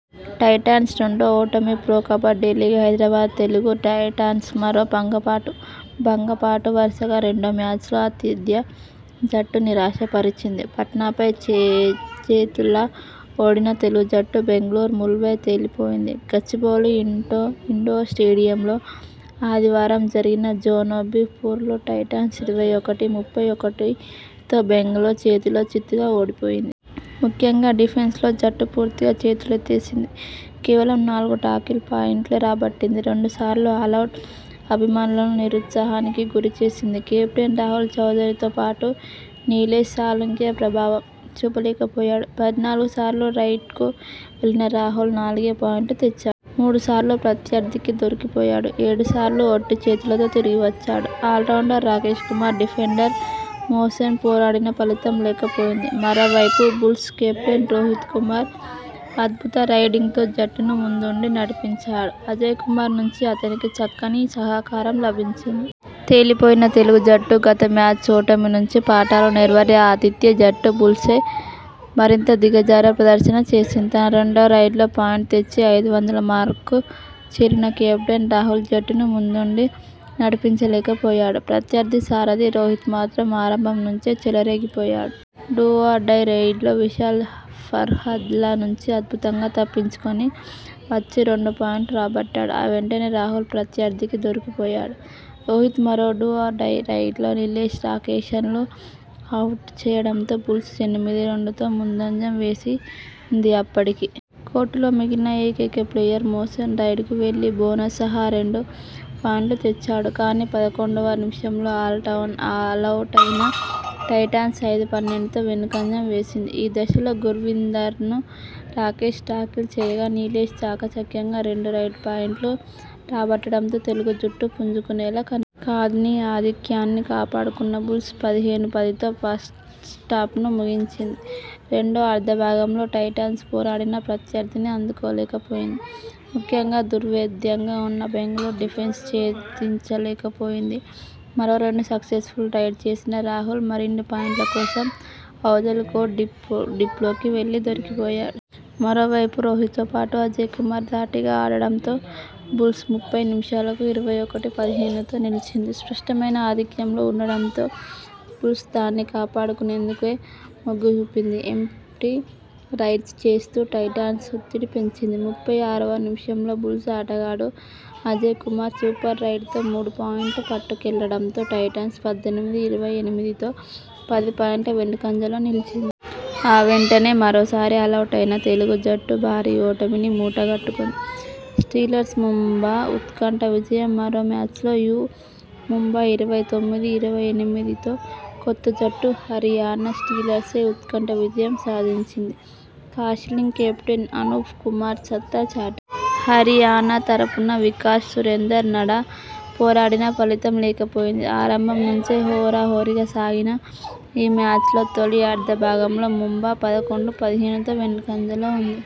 Titans రెండో ఓటమి Pro Kabaddi League Hyderabad Telugu Titans మరో భంగపాటు. వరుసగా రెండో మ్యాచ్లో ఆతిథ్య జట్టు నిరాశ పరిచింది. పట్నాపై చేజేతులా ఓడిన తెలుగు జట్టు.. బెంగళూరు బుల్స్పై తేలిపోయింది. గచ్చిబౌలి ఇండోర్ స్టేడియంలో ఆదివారం జరిగిన జోన్-బి పోరులో టైటాన్స్ ఇరవై ఒకటి-ముప్పై ఒకటితో బెంగళూరు చేతిలో చిత్తుగా ఓడిపోయింది. ముఖ్యంగా డిఫెన్స్లో జట్టు పూర్తిగా చేతులెత్తేసింది. కేవలం నాలు గు టాకిల్ పాయింట్లే రాబట్టింది. రెండు సార్లు ఆలౌటై అభిమానులను నిరుత్సాహానికి గురి చేసింది. కెప్టెన్ రాహుల్ చౌదరి తో పాటు నీలేష్ సాలుంకె ప్రభావం చూపలేకపోయాడు. పద్నాలుగు సార్లు రైడ్కు వెళ్లిన రాహుల్ నాలుగే పాయింట్లు తెచ్చాడు. మూడు సార్లు ప్రత్యర్థికి దొరికిపోయాడు. ఏడు సార్లు ఒట్టి చేతులతో తిరిగొచ్చాడు. Allrounder Rakesh Kumar, defender Mohsen పోరాడినా ఫలితం లేక పోయింది. మరోవైపు బుల్స్ కెప్టెన్ రోహిత్ కుమార్ అద్భుత రైడింగ్తో జట్టును ముందుండి నడిపించాడు. అజయ్ కుమార్ నుంచి అతనికి చక్కని సహకారం లభించింది. తేలిపోయిన తెలుగు జట్టు.. గత మ్యాచ్ ఓటమి నుంచి పాఠాలు నేర్వని ఆతిథ్య జట్టు. బుల్స్పై మరింత దిగజారే ప్రదర్శన చేసింది. తన రెండో రైడ్లో పాయింట్ తెచ్చి ఐదు వందల మార్కు చేరిన కెప్టెన్ రాహుల్ జట్టును ముందుండి నడిపించలేకపోయాడు. ప్రత్యర్థి సారథి రోహిత్ మాత్రం ఆరంభం నుంచే చెలరేగిపోయాడు. డూ ఆర్ డై రైడ్లో విశాల్, ఫర్హాద్ల నుంచి అద్భుతంగా తప్పించుకొని వచ్చి రెండు పాయింట్లు రాబట్టాడు. ఆ వెంటనే రాహుల్ ప్రత్యర్థికి దొరికిపోయాడు. రోహిత్ మరో డూ ఆర్ డై రైడ్లో నీలేష్, రాకేష్లను అవుట్ చేయడంతో బుల్స్ ఎనిమిది-రెండుతో ముందంజ వేసింది. అప్పటికి. కోర్టులో మిగిలిన ఏకైక ప్లేయర్ మోసెన్ రైడ్ కు వెళ్లి బోనస్ సహారెండు పాయింట్లు తెచ్చాడు. కానీ, పదకొండువ నిమిషంలో ఆలౌటైన టైటాన్స్ ఐదు-పన్నెండుతో వెనుకంజ వేసింది. ఈ దశలో గుర్వీందర్ను రాకేష్ టాకిల్ చేయగా. నీలేష్ చాకచక్యంగా రెండు రైడ్ పాయింట్లు రాబట్టడంతో తెలుగు జట్టు పుంజుకునేలా కని కానీ, ఆధిక్యాన్ని కాపాడుకున్న బుల్స్ పదిహేను-పదితో ఫస్టాఫ్ను ముగించింది. రెండో అర్ధభాగంలో టైటాన్స్ పోరాడినా ప్రత్యర్థిని అందుకోలేకపోయింది. ముఖ్యంగా దుర్భేద్యంగా ఉన్న బెంగళూరు డిఫెన్స్ను ఛేదించలేక పోయింది. మరో రెండు సక్సెస్ఫుల్ రైడ్స్ చేసిన రాహుల్ మరిన్ని పాయిం ట్ల కోసం అవతలి కోర్టు డీప్లోకి వెళ్లి దొరికిపోయాడు. మరోవైపు రోహిత్తో పాటు అజయ్ కుమార్ ధాటిగా ఆడడం టతో బుల్స్ ముప్పై నిమిషాలకు ఇరవై ఒకటి-పదిహేనుతో నిలిచింది. స్పష్టమైన ఆధిక్యంలో ఉండడంతో బుల్స్ దాన్ని కాపా డుకునేందుకే మొగ్గు చూపింది. ఎమ్టీ రైడ్స్ చేస్తూ టైటాన్స్పై ఒత్తిడి పెంచింది. ముప్పై ఆరువ నిమిషంలో బుల్స్ ఆటగాడు అజయ్ కుమార్ సూపర్ రైడ్తో మూడు పాయింట్లు పట్టుకెళ్లడంతో టైటాన్స్ పద్దెనిమిది-ఇరవై ఎనిమిదితో పది పాయింట్ల వెనుకంజలో నిలిచింది. ఆ వెంటనే మరోసారి ఆలౌటైన తెలుగు జట్టు భారీ ఓటమిని మూట గట్టుకుంది. స్టీలర్స్ ముంబా ఉత్కంఠ విజయం మరో మ్యాచ్లో యు ముంబా ఇరవై తొమ్మిది-ఇరవై ఎనిమిదితో కొత్త జట్టు హరియాణా స్టీలర్స్పై ఉత్కంఠ విజయం సాధించింది. కాశీలింగ్, కెప్టెన్ అనూప్ కుమార్ సత్తా చాటారు. హరియాణా తరఫున వికాష్, సురేందర్ నడా పోరాడినా ఫలితం లేకపోయింది. ఆరంభం నుంచే హోరాహోరీగా సాగిన ఈ మ్యాచ్లో తొలి అర్ధ భాగంలో ముంబా పదకొండు-పదిహేనుతో వెనుకంజలో ఉంది.